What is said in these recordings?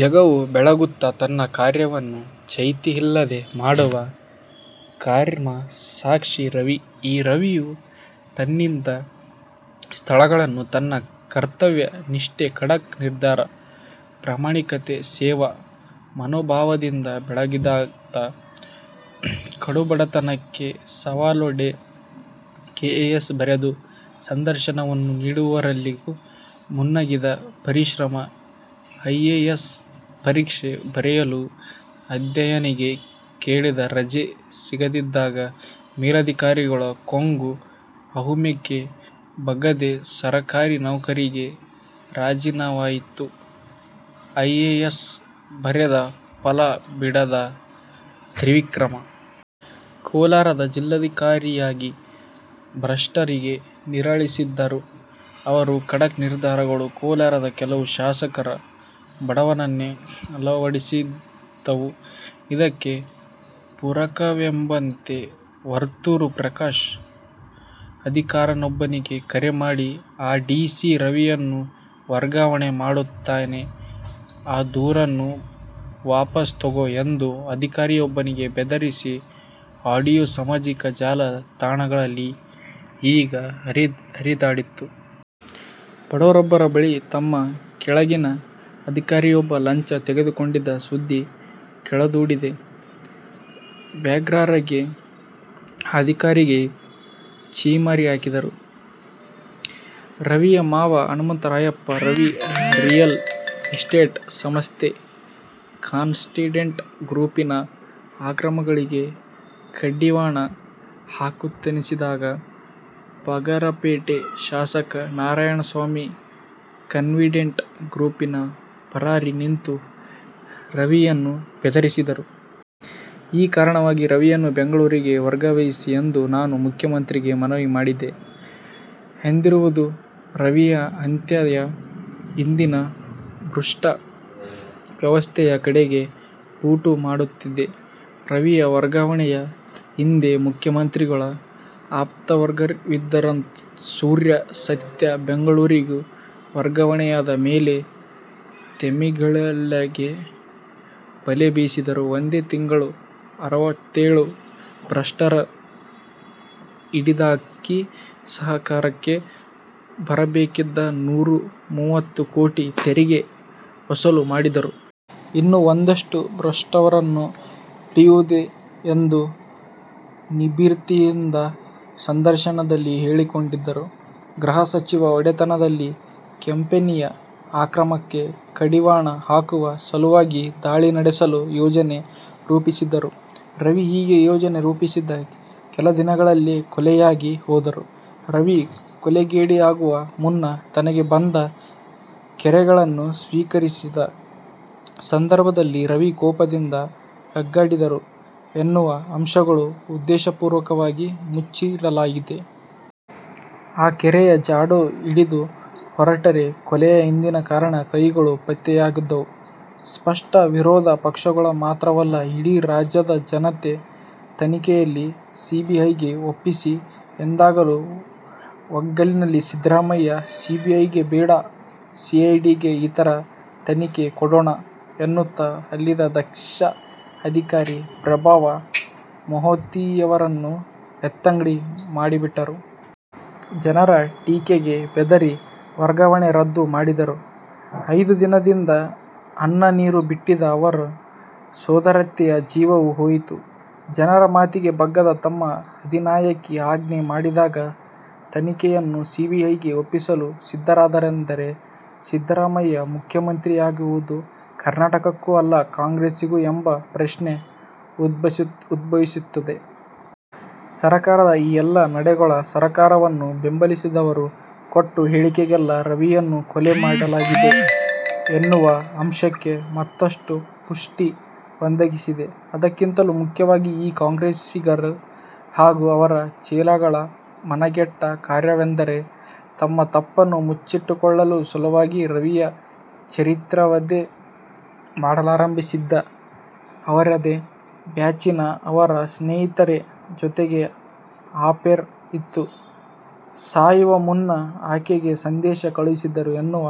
ಜಗವ ಬೆಳಗುತ ತನ್ನ ಕಾರ್ಯವನ್ನು ಚ್ಯುತಿಯಿಲ್ಲದೆ ಮಾಡುವ ಕರ್ಮಸಾಕ್ಷಿ ರವಿ. ಈ ರವಿಯೂ ತಾನಿದ್ದ ಸ್ಥಳವನ್ನು ತನ್ನ ಕರ್ತವ್ಯ ನಿಷ್ಠೆ ಖಡಕ್ ನಿರ್ಧಾರ, ಪ್ರಾಮಾಣಿಕತೆ, ಸೇವಾ ಮನೋಭಾವದಿಂದ ಬೆಳಗಿದಾತ. ಕಡುಬಡತನಕ್ಕೇ ಸವಾಲೊಡ್ಡಿ ಕೆಎಎಸ್ ಬರೆದು ಸಂದರ್ಶನವನ್ನೂ ನೀಡುವಲ್ಲಿವರೆಗೂ ಮುನ್ನುಗ್ಗಿದ ಪರಿಶ್ರಮಿ. ಐ ಎ ಎಸ್ ಪರೀಕ್ಷೆ ಬರೆಯಲು ಅಧ್ಯಯನಕ್ಕೆ ಕೇಳಿದ ರಜೆ ಸಿಗದಿದ್ದಾಗ ಮೇಲಾಧಿಕಾರಿಗಳ ಕೊಂಕು, ಅಹಮಿಕೆಗೆ ಬಗ್ಗದೆ ಸರ್ಕಾರೀ ನೌಕರಿಗೆ ರಾಜೀನಾಮೆಯಿತ್ತು ಐಎಎಸ್ ಬರೆದ ಛಲ ಬಿಡದ ತ್ರಿವಿಕ್ರಮ. ಕೋಲಾರದ ಜಿಲ್ಲಾಧಿಕಾರಿಯಾಗಿ ಭ್ರಷ್ಟರಿಗೆ ನೀರಿಳಿಸಿದ್ದರು. ಅವರ ಖಡಕ್ ನಿರ್ಧಾರಗಳು ಕೋಲಾರದ ಕೆಲವು ಶಾಸಕರ ಬುಡವನ್ನೇ ಅಲುಗಾಡಿಸಿದ್ದವು. ಇದಕ್ಕೆ ಪೂರಕವೆಂಬಂತೆ ವರ್ತೂರ್ ಪ್ರಕಾಶ್ ಅಧಿಕಾರಿಯೊಬ್ಬನಿಗೆ ಕರೆ ಮಾಡಿ "ಆ ಡಿ ಸಿ ರವಿಯನ್ನು ವರ್ಗಾವಣೆ ಮಾಡುತ್ತೇನೆ ಆ ದೂರನ್ನು ವಾಪಸು ತೆಗೋ" ಎಂದು ಅಧಿಕಾರಿಯೊಬ್ಬನಿಗೆ ಬೆದರಿಸಿದ ಅಡಿಯೋ ಸಾಮಾಜಿಕ ಜಾಲ ತಾಣಗಳಲ್ಲಿ ಈಗ ಹರಿದಾಡುತ್ತಿದೆ. ಬಡವರೊಬ್ಬರ ಬಳಿ ತಮ್ಮ ಕೆಳಗಿನ ಅಧಿಕಾರಿಯೊಬ್ಬ ಲಂಚ ತೆಗೆದುಕೊಂಡಿದ್ದ ಸುದ್ದಿ ಕೇಳಿದೊಡನೆ ವ್ಯಗ್ರರಾಗಿ ಆ ಅಧಿಕಾರಿಗೆ ಛೀಮಾರಿ ಹಾಕಿದ್ದರು. ರವಿಯ ಮಾವ ಹನುಮಂತರಾಯಪ್ಪ, "ರವಿ ರಿಯಲ್ ಎಸ್ಟೇಟ್ ಸಂಸ್ಥೆ ಕಾನ್ಫಿಡೆಂಟ್ ಗ್ರೂಪಿನ ಅಕ್ರಮಗಳಿಗೆ ಕಡಿವಾಣ ಹಾಕಲೆತ್ನಿಸಿದಾಗ ಬಂಗಾರಪೇಟೆ ಶಾಸಕ ನಾರಾಯಣಸ್ವಾಮಿ ಕಾನ್ಫಿಡೆಂಟ್ ಗ್ರೂಪಿನ ಪರವಾಗಿ ನಿಂತು ರವಿಯನ್ನು ಬೆದರಿಸಿದ್ದರು. ಈ ಕಾರಣವಾಗಿ ರವಿಯನ್ನು ಬೆಂಗಳೂರಿಗೆ ವರ್ಗಾಯಿಸಿ ಎಂದು ನಾನು ಮುಖ್ಯಮಂತ್ರಿಗೆ ಮನವಿ ಮಾಡಿದ್ದೆ". ಎಂದಿರುವುದು ರವಿಯ ಹತ್ಯೆಯ ಹಿಂದಿನ ಭೃಷ್ಟ ವ್ಯವಸ್ಥೆಯ ಕಡೆಗೆ ಬೊಟ್ಟು ಮಾಡುತ್ತಿದೆ. ರವಿಯ ವರ್ಗಾವಣೆಯ ಹಿಂದೆ ಮುಖ್ಯಮಂತ್ರಿಗಳ ಆಪ್ತವರ್ಗವಿದ್ದದ್ದಂತೂ ಸೂರ್ಯ ಸತ್ಯ. ಬೆಂಗಳೂರಿಗೆ ವರ್ಗಾವಣೆಯಾದ ಮೇಲೆ ತಿಮಿಂಗಿಲಗಳಿಗೇ ಬಲೆ ಬೀಸಿದ್ದರು. ಒಂದೇ ತಿಂಗಳಲ್ಲಿ ಅರವತ್ತೇಳು ಭ್ರಷ್ಟರನ್ನು ಹಿಡಿದುಹಾಕಿ ಸರಕಾರಕ್ಕೆ ಬರಬೇಕಿದ್ದ ನೂರ ಮೂವತ್ತು ಕೋಟಿ ತೆರಿಗೆ ವಸೂಲು ಮಾಡಿದ್ದರು. ಇನ್ನೂ ಒಂದಷ್ಟು ಭೃಷ್ಟರನ್ನು ಹಿಡಿಯುವುದಿದೆ ಎಂದು ನಿರ್ಭೀತಿಯಿಂದ ಸಂದರ್ಶನದಲ್ಲಿ ಹೇಳಿಕೊಂಡಿದ್ದರು. ಗೃಹ ಸಚಿವರ ಒಡೆತನದಲ್ಲಿದ್ದ ಕಂಪೆನಿಯ ಅಕ್ರಮಕ್ಕೆ ಕಡಿವಾಣ ಹಾಕುವ ಸಲುವಾಗಿ ದಾಳಿ ನಡೆಸಲು ಯೋಜನೆ ರೂಪಿಸಿದ್ದರು ರವಿ. ಹೀಗೆ ಯೋಜನೆ ರೂಪಿಸಿದ್ದ ಕೆಲದಿನಗಳಲ್ಲೇ ಕೊಲೆಯಾಗಿ ಹೋದರು ರವಿ. ಕೊಲೆಗೀಡಾಗುವ ಮುನ್ನ ತನಗೆ ಬಂದ ಕರೆಗಳನ್ನು ಸ್ವೀಕರಿಸಿದ ಸಂದರ್ಭದಲ್ಲಿ ರವಿ ಕೋಪದಿಂದ ಕೂಗಾಡಿದ್ದರು ಎನ್ನುವ ಅಂಶವನ್ನು ಉದ್ದೇಶಪೂರ್ವಕವಾಗಿ ಮುಚ್ಚಿಡಲಾಗಿದೆ. ಆ ಕರೆಯ ಜಾಡು ಹಿಡಿದು ಹೊರಟರೆ ಕೊಲೆಯ ಹಿಂದಿನ ಕಾಣದ "ಕೈ"ಗಳು ಪತ್ತೆಯಾಗುವುದು ಸ್ಪಷ್ಟ. ವಿರೋಧ ಪಕ್ಷಗಳು ಮಾತ್ರವಲ್ಲ, ಇಡೀ ರಾಜ್ಯದ ಜನತೆ ತನಿಖೆಯನ್ನು ಸಿಬಿಐಗೆ ಒಪ್ಪಿಸಿ ಎಂದಾಗಲೂ ಬಗ್ಗಲಿಲ್ಲ ಸಿದ್ದರಾಮಯ್ಯ. ಸಿಬಿಐಗೆ ಬೇಡ ಸಿಐಡಿಗೆ ಇದರ ತನಿಖೆ ಕೊಡೋಣ ಎನ್ನುತ್ತ ಅಲ್ಲಿನ ದಕ್ಷ ಅಧಿಕಾರಿ ಪ್ರಣಬ್ ಮೋಹಾಂತಿಯವರನ್ನು ಎತ್ತಂಗಡಿ ಮಾಡಿಬಿಟ್ಟರು. ಜನರ ಟೀಕೆಗೆ ಬೆದರಿ ವರ್ಗಾವಣೆ ರದ್ದು ಮಾಡಿದರು. ಐದು ದಿನದಿಂದ ಅನ್ನನೀರು ಬಿಟ್ಟಿದ್ದ ಅವರ ಸೋದರತ್ತೆಯ ಜೀವವೂ ಹೋಯಿತು. ಜನರ ಮಾತಿಗೆ ಬಗ್ಗದೆ ತಮ್ಮ ಅಧಿನಾಯಕಿ ಆಜ್ಞೆ ಮಾಡಿದಾಗ ತನಿಖೆಯನ್ನು ಸಿಬಿಐಗೆ ಒಪ್ಪಿಸಲು ಸಿದ್ಧರಾದರೆಂದರೆ ಸಿದ್ದರಾಮಯ್ಯ ಮುಖ್ಯಮಂತ್ರಿಗಳಾಗಿರುವುದು ಕರ್ನಾಟಕಕ್ಕೋ ಅಲ್ಲಾ ಕಾಂಗ್ರೆಸಿಗೋ ಎಂಬ ಪ್ರಶ್ನೆ ಉದ್ಭವಿಸುತ್ತದೆ. ಸರ್ಕಾರದ ಈ ಎಲ್ಲಾ ನಡೆಗಳು ಸರಕಾರವನ್ನು ಬೆಂಬಲಿಸಿದವರು ಕೊಟ್ಟ ಹೇಳಿಕೆಗಳೆಲ್ಲಾ ರವಿಯವರನ್ನು ಕೊಲೆ ಮಾಡಲಾಗಿದೆ ಎನ್ನುವ ಅಂಶಕ್ಕೆ ಮತ್ತಷ್ಟು ಪುಷ್ಠಿ ಒದಗಿಸಿದೆ. ಅದಕ್ಕಿಂತಲೂ ಮುಖ್ಯವಾಗಿ ಈ ಕಾಂಗ್ರೆಸ್ಸಿಗರ ಹಾಗೂ ಅವರ ಚೇಲಾಗಳ ಮಾನಗೆಟ್ಟ ಕಾರ್ಯವೆಂದರೆ ತಮ್ಮ ತಪ್ಪನ್ನು ಮುಚ್ಚಿಟ್ಟುಕೊಳ್ಳುವ ಸಲುವಾಗಿ ರವಿಯ ಚಾರಿತ್ರ್ಯವಧೆ ಮಾಡಲಾರಂಭಿಸಿದ್ದು. ಅವರದೇ ಬ್ಯಾಚಿನ ಅವರ ಸ್ನೇಹಿತೆಯ ಜೊತೆ ಅಫೇರ್ ಇತ್ತು, ಸಾಯುವ ಮುನ್ನ ಆಕೆಗೆ ಸಂದೇಶ ಕಳುಹಿಸಿದ್ದರು ಎನ್ನುವ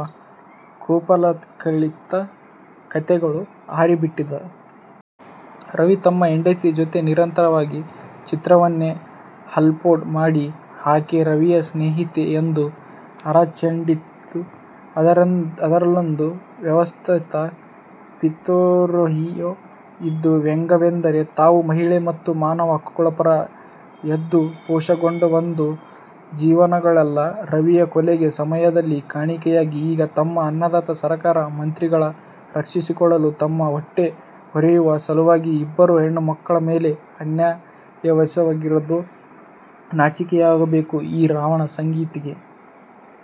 ಕಪೋಲಕಲ್ಪಿತ ಕಥೆಗಳನ್ನು ಹರಿಯಬಿಟ್ಟದ್ದು. ರವಿ ತಮ್ಮ ಹೆಂಡತಿಯ ಜೊತೆ ನಿಂತಿರುವ ಚಿತ್ರವನ್ನೇ ಅಪ್ಲೋಡ್ ಮಾಡಿ ಆಕೆ ರವಿಯ ಸ್ನೇಹಿತೆ ಎಂದು ಅರಚಾಡಿದ್ದು. ಇದರಲ್ಲೊಂದು ವ್ಯವಸ್ಥಿತ ಪಿತೂರಿಯೇ ಇದೆ. ವ್ಯಂಗ್ಯವೆಂದರೆ ತಾವು ಮಹಿಳಾ ಮತ್ತು ಮಾನವ ಹಕ್ಕುಗಳ ಪರ ಎಂದು ಪೋಸುಕೊಡುವ ಬುದ್ದು ಜೀವಿಗಳೆಲ್ಲಾ ರವಿಯ ಕೊಲೆಯ ಸಮಯದಲ್ಲಿ ಕಾಣೆಯಾಗಿದ್ದು ಈಗ ತಮ್ಮ ಅನ್ನದಾತ ಸರಕಾರ-ಮಂತ್ರಿಗಳನ್ನು ರಕ್ಷಿಸಿಕೊಳ್ಳಲು ತಮ್ಮ ಹೊಟ್ಟೆ ಹೊರೆಯುವ ಸಲುವಾಗಿ ಇಬ್ಬರು ಹೆಣ್ಣುಮಕ್ಕಳ ಮೇಲೆ ಅನ್ಯಾಯವೆಸಗುತ್ತಿರೋದು ನಾಚಿಕೆಯಾಗಬೇಕು ಈ "ರಾವಣ" ಸಂತತಿಗೆ.